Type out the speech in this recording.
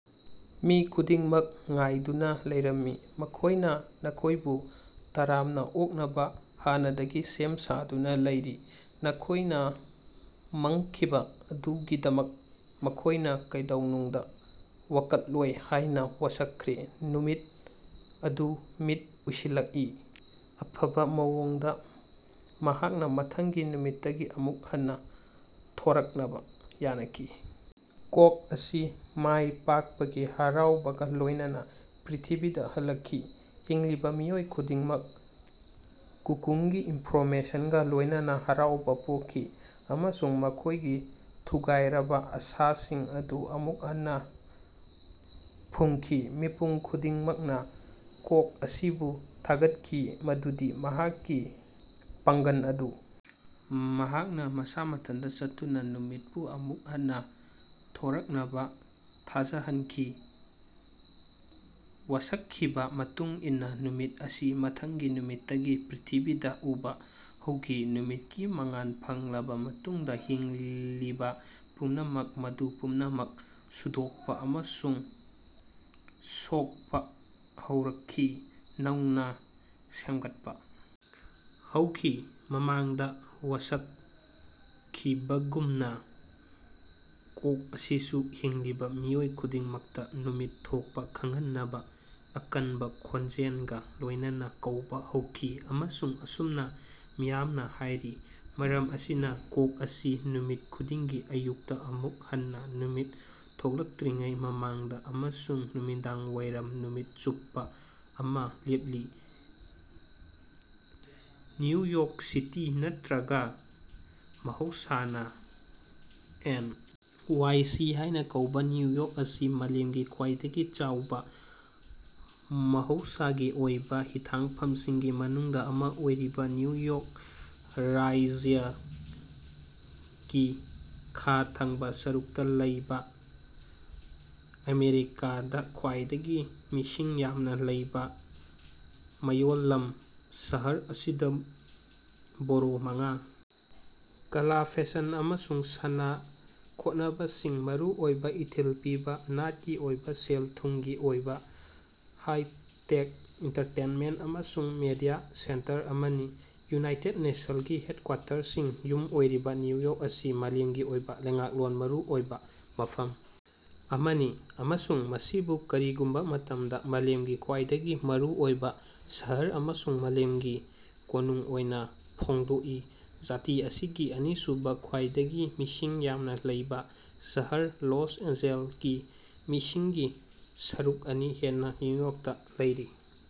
ꯃꯤ ꯈꯨꯗꯤꯡꯃꯛ ꯉꯥꯏꯗꯨꯅꯥ ꯂꯩꯔꯝꯃꯤ꯫ ꯃꯈꯣꯏꯅꯥ ꯅꯈꯣꯏꯕꯨ ꯇꯔꯥꯝꯅꯥ ꯑꯣꯛꯅꯕꯥ ꯍꯥꯟꯅꯗꯒꯤ ꯁꯦꯝ ꯁꯥꯗꯨꯅꯥ ꯂꯩꯔꯤ꯫ ꯅꯈꯣꯏꯅꯥ ꯃꯥꯡꯈꯤꯕꯥ ꯑꯗꯨꯒꯤꯗꯃꯛ ꯃꯈꯣꯏꯅꯥ ꯀꯩꯗꯧꯅꯨꯡꯗꯥ ꯋꯥꯀꯠꯂꯣꯏ ꯍꯥꯏꯅꯥ ꯋꯥꯁꯛꯈ꯭ꯔꯦ꯫ ꯅꯨꯃꯤꯠ ꯑꯗꯨ ꯃꯤꯠ ꯎꯏꯁꯤꯜꯂꯀꯏ꯫ ꯑꯐꯕꯥ ꯃꯑꯣꯡꯗꯥ ꯃꯍꯥꯛꯅꯥ ꯃꯊꯪꯒꯤ ꯅꯨꯃꯤꯠꯇꯒꯤ ꯑꯃꯨꯛ ꯍꯟꯅꯥ ꯊꯣꯔꯛꯅꯕꯥ ꯌꯥꯅꯈꯤ꯫ ꯀꯣꯛ ꯑꯁꯤ ꯃꯥꯌ ꯄꯥꯀꯄꯒꯤ ꯍꯔꯥꯑꯣꯕꯒꯥ ꯂꯣꯌꯅꯅꯥ ꯄ꯭ꯔ꯭ꯏꯊꯤꯕꯤꯗꯥ ꯍꯜꯂꯀꯈꯤ꯫ ꯍꯤꯡꯂꯤꯕꯥ ꯃꯤꯑꯣꯏ ꯈꯨꯗꯤꯡꯃꯛ ꯀꯨꯀꯨꯃꯒꯤ ꯏꯅꯐꯣꯔꯃꯦꯁꯅꯒꯥ ꯂꯣꯌꯅꯅꯥ ꯍꯔꯥꯑꯣꯕꯥ ꯄꯣꯀꯈꯤ ꯑꯃꯁꯨꯡ ꯃꯈꯣꯌꯒꯤ ꯊꯨꯒꯥꯏꯔꯕꯥ ꯑꯥꯁꯥꯁꯤꯡ ꯑꯗꯨ ꯑꯃꯨꯛ ꯍꯟꯅꯥ ꯐꯨꯃꯈꯤ꯫ ꯃꯤꯄꯨꯝ ꯈꯨꯗꯤꯡꯃꯛꯅꯥ ꯀꯣꯛ ꯑꯁꯤꯕꯨ ꯊꯥꯒꯠꯈꯤ ꯃꯗꯨꯗꯤ ꯃꯍꯥꯛꯀꯤ ꯄꯥꯉ꯭ꯒꯜ ꯑꯗꯨ ꯃꯍꯥꯛꯅꯥ ꯃꯁꯥ ꯃꯊꯟꯇꯥ ꯆꯠꯇꯨꯅꯥ ꯅꯨꯃꯤꯠꯄꯨ ꯑꯃꯨꯛ ꯍꯟꯅꯥ ꯊꯣꯔꯛꯅꯕꯥ ꯊꯥꯖꯍꯅꯈꯤ꯫ ꯋꯥꯁꯀꯈꯤꯕꯥ ꯃꯇꯨꯡ ꯏꯟꯅꯥ ꯅꯨꯃꯤꯠ ꯑꯁꯤ ꯃꯊꯪꯒꯤ ꯅꯨꯃꯤꯠꯇꯒꯤ ꯄ꯭ꯔ꯭ꯏꯊꯤꯕꯤꯗꯥ ꯎꯕꯥ ꯍꯧꯈꯤ꯫ ꯅꯨꯃꯤꯠꯀꯤ ꯃꯉꯥꯜ ꯐꯪꯂꯕꯥ ꯃꯇꯨꯡꯗꯥ ꯍꯤꯡꯂꯤꯕꯥ ꯄꯨꯝꯅꯃꯛ, ꯃꯗꯨ ꯄꯨꯝꯅꯃꯛ ꯁꯨꯡꯗꯣꯀꯄꯥ ꯑꯃꯁꯨꯡ ꯁꯣꯀꯄꯥ ꯍꯧꯔꯀꯈꯤ, ꯅꯧꯅꯥ ꯁꯦꯃꯒꯠꯄꯥ ꯍꯧꯈꯤ꯫ ꯃꯃꯥꯡꯗꯥ ꯋꯥꯁꯀꯈꯤꯕꯒꯨꯝꯅꯥ, ꯀꯣꯛ ꯑꯁꯤꯁꯨ ꯍꯤꯡꯂꯤꯕꯥ ꯃꯤꯑꯣꯏ ꯈꯨꯗꯤꯡꯃꯛꯇꯥ ꯅꯨꯃꯤꯠ ꯊꯣꯀꯄꯥ ꯈꯉꯍꯟꯅꯕꯥ ꯑꯀꯅꯕꯥ ꯈꯣꯟꯖꯦꯂꯒꯥ ꯂꯣꯌꯅꯅꯥ ꯀꯧꯕꯥ ꯍꯧꯈꯤ꯫ ꯑꯃꯁꯨꯡ ꯑꯁꯨꯝꯅꯥ ꯃꯤꯌꯥꯝꯅꯥ ꯍꯥꯌꯔꯤ, ꯃꯔꯝ ꯑꯁꯤꯅꯥ ꯀꯣꯛ ꯑꯁꯤ ꯅꯨꯃꯤꯠ ꯈꯨꯗꯤꯡꯒꯤ ꯑꯌꯨꯛꯇꯥ ꯑꯃꯨꯛ ꯍꯟꯅꯥ ꯅꯨꯃꯤꯠ ꯊꯣꯛꯂꯛꯠꯔꯤꯉꯩꯒꯤ ꯃꯃꯥꯡꯗꯥ ꯑꯃꯁꯨꯡ ꯅꯨꯃꯤꯗꯥꯡꯋꯥꯏꯔꯝ ꯅꯨꯃꯤꯠ ꯆꯨꯞꯄꯥ ꯑꯃꯥ ꯂꯦꯞꯂꯤ꯫ ꯅꯌꯨ ꯌꯣꯔ꯭ꯛ ꯁꯤꯇꯤ ꯅꯠꯇ꯭ꯔꯒ ꯃꯍꯧꯁꯥꯅ ꯑꯦꯟ. ꯋꯥꯏ. ꯁꯤ. ꯍꯥꯏꯅ ꯀꯧꯕ ꯅ꯭ꯌꯨ ꯌꯣꯔ꯭ꯛ ꯑꯁꯤ ꯃꯥꯂꯦꯝꯒꯤ ꯈ꯭ꯋꯥꯏꯗꯒꯤ ꯆꯥꯎꯕ ꯃꯍꯧꯁꯥꯒꯤ ꯑꯣꯏꯕ ꯍꯤꯊꯥꯡꯐꯝꯁꯤꯡꯒꯤ ꯃꯅꯨꯡꯗ ꯑꯃ ꯑꯣꯏꯔꯤꯕ ꯅ꯭ꯌꯨ ꯌꯣꯛ ꯔꯥꯖ꯭ꯌꯒꯤ ꯈꯥ ꯊꯪꯕ ꯁꯔꯨꯛꯇ ꯂꯩꯕ ꯑꯃꯦꯔꯤꯀꯥꯗ ꯈ꯭ꯋꯥꯏꯗꯒꯤ ꯃꯤꯁꯤꯡ ꯌꯥꯝꯅ ꯂꯩꯕ ꯃꯌꯣꯜꯂꯝ꯫ ꯁꯍꯔ ꯑꯁꯤꯗ ꯕꯣꯔꯣ ꯃꯉꯥ ꯀꯂꯥ ꯐꯤꯁꯟ ꯑꯃꯁꯨꯡ ꯁꯥꯟꯅ ꯈꯣꯠꯅꯕꯁꯤꯡ ꯃꯔꯨꯑꯣꯏꯕ ꯏꯊꯤꯜ ꯄꯤꯕ ꯅꯥꯠꯀꯤ ꯑꯣꯏꯕ ꯁꯦꯜ ꯊꯨꯝꯒꯤ ꯑꯣꯏꯕ ꯍꯥꯏ ꯇꯦꯛ ꯑꯦꯟꯇꯔꯇꯦꯟꯃꯦꯟꯠ ꯑꯃꯁꯨꯡ ꯃꯤꯗꯤꯌꯥ ꯁꯦꯟꯇꯔ ꯑꯃꯅꯤ꯫ ꯌꯨꯅꯥꯏꯇꯦꯗ ꯅꯦꯁꯟꯒꯤ ꯍꯦꯗꯀ꯭ꯋꯥꯇꯔꯁꯤꯡ ꯌꯨꯝ ꯑꯣꯏꯔꯤꯕ ꯅ꯭ꯌꯨ ꯌꯣꯔ꯭ꯛ ꯑꯁꯤ ꯃꯥꯂꯦꯝꯒꯤ ꯑꯣꯏꯕ ꯂꯩꯉꯥꯛꯂꯣꯟ ꯃꯔꯨꯑꯣꯏꯕ ꯃꯐꯝ ꯑꯃꯅꯤ ꯑꯃꯁꯨꯡ ꯃꯁꯤꯕꯨ ꯀꯔꯤꯒꯨꯝꯕ ꯃꯇꯝꯗ ꯃꯥꯂꯦꯝꯒꯤ ꯈ꯭ꯋꯥꯏꯗꯒꯤ ꯃꯔꯨꯑꯣꯏꯕ ꯁꯍꯔ ꯑꯃꯁꯨꯡ ꯃꯥꯂꯦꯝꯒꯤ ꯀꯣꯅꯨꯡ ꯑꯣꯏꯅ ꯐꯣꯡꯗꯣꯛꯏ꯫ ꯖꯥꯇꯤ ꯑꯁꯤꯒꯤ ꯑꯅꯤꯁꯨꯕꯥ ꯈ꯭ꯋꯥꯏꯗꯒꯤ ꯃꯤꯁꯤꯡ ꯌꯥꯝꯅꯥ ꯂꯩꯕꯥ ꯁꯍꯔ ꯂꯁ ꯑꯦꯟꯖꯦꯜꯁꯀꯤ ꯃꯤꯁꯤꯡꯒꯤ ꯁꯔꯨꯛ ꯑꯅꯤ ꯍꯦꯟꯅꯥ ꯅ꯭ꯌꯨ ꯌꯣꯔ꯭ꯛꯇꯥ ꯂꯩꯔꯤ꯫